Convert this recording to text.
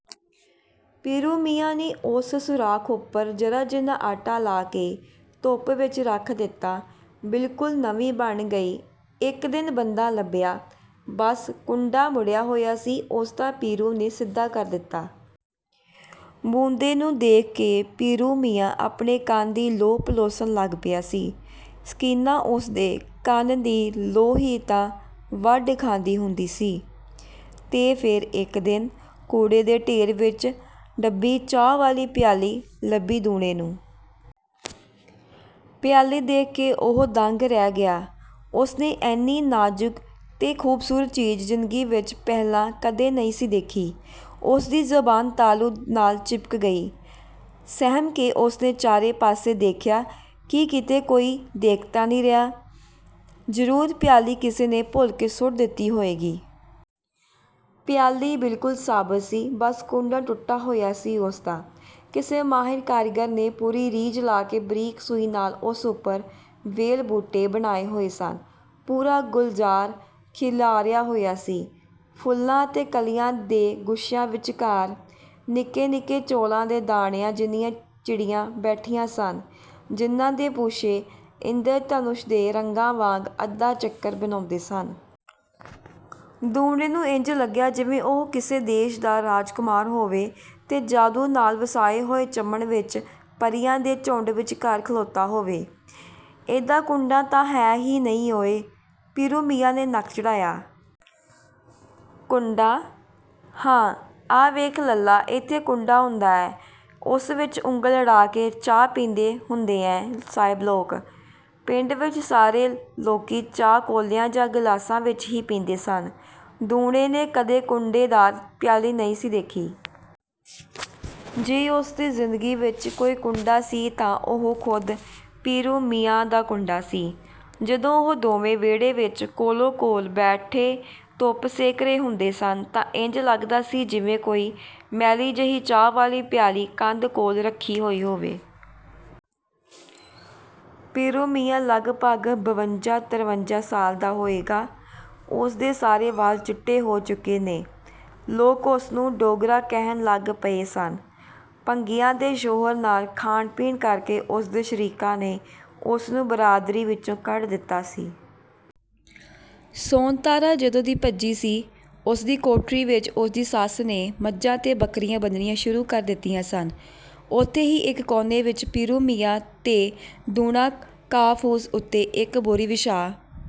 ਪੀਰੂ ਮੀਆਂ ਨੇ ਉਸ ਸੁਰਾਖ਼ ਉੱਪਰ ਜ਼ਰਾ ਜਿੰਨਾ ਆਟਾ ਲਾ ਕੇ ਧੁੱਪ ਵਿੱਚ ਰੱਖ ਦਿੱਤਾ ਬਿਲਕੁਲ ਨਵੀਂ ਬਣ ਗਈ। ਇੱਕ ਦਿਨ ਇੱਕ ਬੁੰਦਾ ਲੱਭਿਆ, ਬੱਸ ਕੁੰਡਾ ਮੁੜਿਆ ਹੋਇਆ ਸੀ ਉਸਦਾ ਪੀਰੂ ਨੇ ਸਿੱਧਾ ਕਰ ਦਿੱਤਾ। ਬੁੰਦੇ ਨੂੰ ਦੇਖ ਕੇ ਪੀਰੂ ਮੀਆਂ ਆਪਣੇ ਕੰਨ ਦੀ ਲੌ ਪਲੋਸਣ ਲੱਗ ਪਿਆ ਸੀ। ਸਕੀਨਾ ਉਸਦੇ ਕੰਨ ਦੀ ਲੌ ਹੀ ਤਾਂ ਵੱਢ ਖਾਂਦੀ ਹੁੰਦੀ ਸੀ। ਤੇ ਫਿਰ ਇੱਕ ਦਿਨ ਕੂੜੇ ਦੇ ਢੇਰ ਵਿੱਚ ਦੱਬੀ ਚਾਹ ਵਾਲੀ ਪਿਆਲੀ ਲੱਭੀ ਦੂਣੇ ਨੂੰ। ਪਿਆਲੀ ਦੇਖ ਕੇ ਉਹ ਦੰਗ ਰਹਿ ਗਿਆ। ਉਸਨੇ ਏਨੀ ਨਾਜ਼ੁਕ ਤੇ ਖੂਬਸੂਰਤ ਚੀਜ਼ ਜ਼ਿੰਦਗੀ ਵਿੱਚ ਪਹਿਲਾਂ ਕਦੇ ਨਹੀਂ ਸੀ ਦੇਖੀ। ਉਸਦੀ ਜ਼ਬਾਨ ਤਾਲੂ ਨਾਲ ਚਿਪਕ ਗਈ। ਸਹਿਮ ਕੇ ਉਸਨੇ ਚਾਰੇ ਪਾਸੇ ਦੇਖਿਆ ਕਿ ਕਿਤੇ ਕੋਈ ਦੇਖ ਤਾਂ ਨਹੀਂ ਰਿਹਾ, ਜ਼ਰੂਰ ਪਿਆਲੀ ਕਿਸੇ ਨੇ ਭੁੱਲ ਕੇ ਸੁੱਟ ਦਿੱਤੀ ਹੋਏਗੀ। ਪਿਆਲੀ ਬਿਲਕੁਲ ਸਾਬਤ ਸੀ, ਬੱਸ ਕੁੰਡਾ ਟੁੱਟਿਆ ਹੋਇਆ ਸੀ ਉਸਦਾ। ਕਿਸੇ ਮਾਹਿਰ ਕਾਰੀਗਰ ਨੇ ਪੂਰੀ ਰੀਝ ਲਾ ਕੇ ਬਰੀਕ ਸੂਈ ਨਾਲ ਉਸ ਉੱਪਰ ਵੇਲ-ਬੂਟੇ ਬਣਾਏ ਹੋਏ ਸਨ। ਪੂਰਾ ਗੁਲਜ਼ਾਰ ਖਿਲਾਰਿਆ ਹੋਇਆ ਸੀ। ਫੁੱਲਾਂ ਅਤੇ ਕਲੀਆਂ ਦੇ ਗੁੱਛਿਆਂ ਵਿੱਚਕਾਰ, ਨਿੱਕੇ-ਨਿੱਕੇ ਚੌਲਾਂ ਦੇ ਦਾਣਿਆਂ ਜਿੰਨੀਆਂ ਚਿੜੀਆਂ ਬੈਠੀਆਂ ਸਨ, ਜਿਹਨਾਂ ਦੇ ਪੂਛੇ ਇੰਦਰਧਨੁਸ਼ ਦੇ ਰੰਗਾਂ ਵਾਂਗ ਅੱਧਾ ਚੱਕਰ ਬਣਾਉਂਦੇ ਸਨ। ਦੂਣੇ ਨੂੰ ਇੰਜ ਲੱਗਿਆ ਜਿਵੇਂ ਉਹ ਕਿਸੇ ਦੇਸ਼ ਦਾ ਰਾਜਕੁਮਾਰ ਹੋਵੇ ਤੇ ਜਾਦੂ ਨਾਲ ਵਸਾਏ ਹੋਏ ਚਮਨ ਵਿੱਚ ਪਰੀਆਂ ਦੇ ਝੁੰਡ ਵਿੱਚਕਾਰ ਖਲੋਤਾ ਹੋਵੇ। "ਇਹਦਾ ਕੁੰਡਾ ਤਾਂ ਹੈ ਹੀ ਨਹੀਂ ਓਏ।" ਪੀਰੂ ਮੀਆਂ ਨੇ ਨੱਕ ਚੜ੍ਹਾਇਆ। "ਕੁੰਡਾ?" "ਹਾਂ, ਆਹ ਵੇਖ ਲੱਲਾ ਇੱਥੇ ਕੁੰਡਾ ਹੁੰਦਾ ਐ। ਉਸ ਵਿੱਚ ਉਂਗਲ ਅੜਾ ਕੇ ਚਾਹ ਪੀਂਦੇ ਹੁੰਦੇ ਐ ਸਾਹਿਬ ਲੋਕ।" ਪਿੰਡ ਵਿੱਚ ਸਾਰੇ ਲੋਕੀ ਚਾਹ ਕੌਲਿਆਂ ਜਾਂ ਗਲਾਸਾਂ ਵਿੱਚ ਹੀ ਪੀਂਦੇ ਸਨ। ਦੂਣੇ ਨੇ ਕਦੇ ਕੁੰਡੇਦਾਰ ਪਿਆਲੀ ਨਹੀਂ ਸੀ ਦੇਖੀ। ਜੇ ਉਸਦੀ ਜ਼ਿੰਦਗੀ ਵਿੱਚ ਕੋਈ ਕੁੰਡਾ ਸੀ ਤਾਂ ਉਹ ਖੁਦ ਪੀਰੂ ਮੀਆਂ ਦਾ 'ਕੁੰਡਾ' ਸੀ। ਜਦੋਂ ਉਹ ਦੋਵੇਂ ਵਿਹੜੇ ਵਿੱਚ ਕੋਲੋ-ਕੋਲ ਬੈਠੇ ਧੁੱਪ ਸੇਕ ਰਹੇ ਹੁੰਦੇ ਸਨ ਤਾਂ ਇੰਜ ਲੱਗਦਾ ਸੀ ਜਿਵੇਂ ਕੋਈ ਮੈਲੀ ਜਿਹੀ ਚਾਹ ਵਾਲੀ ਪਿਆਲੀ ਕੰਧ ਕੋਲ ਰੱਖੀ ਹੋਈ ਹੋਵੇ। ਪੀਰੂ ਮੀਆਂ ਲਗਭਗ ਬਵੰਜਾ-ਤਰਵੰਜਾ ਸਾਲ ਦਾ ਹੋਏਗਾ। ਉਸਦੇ ਸਾਰੇ ਵਾਲ ਚਿੱਟੇ ਹੋ ਚੁੱਕੇ ਨੇ। ਲੋਕ ਉਸਨੂੰ ਡੋਗਰਾ ਕਹਿਣ ਲੱਗ ਪਏ ਸਨ। ਭੰਗੀਆਂ ਦੇ ਛੋਹਰ ਨਾਲ ਖਾਣ-ਪੀਣ ਕਰਕੇ ਉਸਦੇ ਸ਼ਰੀਕਾਂ ਨੇ ਉਸਨੂੰ ਬਰਾਦਰੀ ਵਿੱਚੋਂ ਕੱਢ ਦਿੱਤਾ ਸੀ। ਸੋਨਤਾਰਾ ਜਦੋਂ ਦੀ ਭੱਜੀ ਸੀ, ਉਸਦੀ ਕੋਠੜੀ ਵਿੱਚ ਉਸਦੀ ਸੱਸ ਨੇ ਮੱਝਾਂ ਤੇ ਬੱਕਰੀਆਂ ਬੰਨ੍ਹਣੀਆਂ ਸ਼ੁਰੂ ਕਰ ਦਿੱਤੀਆਂ ਸਨ। ਉੱਥੇ ਹੀ ਇੱਕ ਕੋਨੇ ਵਿੱਚ ਪੀਰੂ ਮੀਆਂ ਤੇ ਦੂਣਾ ਘਾਹ-ਫੂਸ ਉੱਤੇ ਇੱਕ ਬੋਰੀ ਵਿਛਾ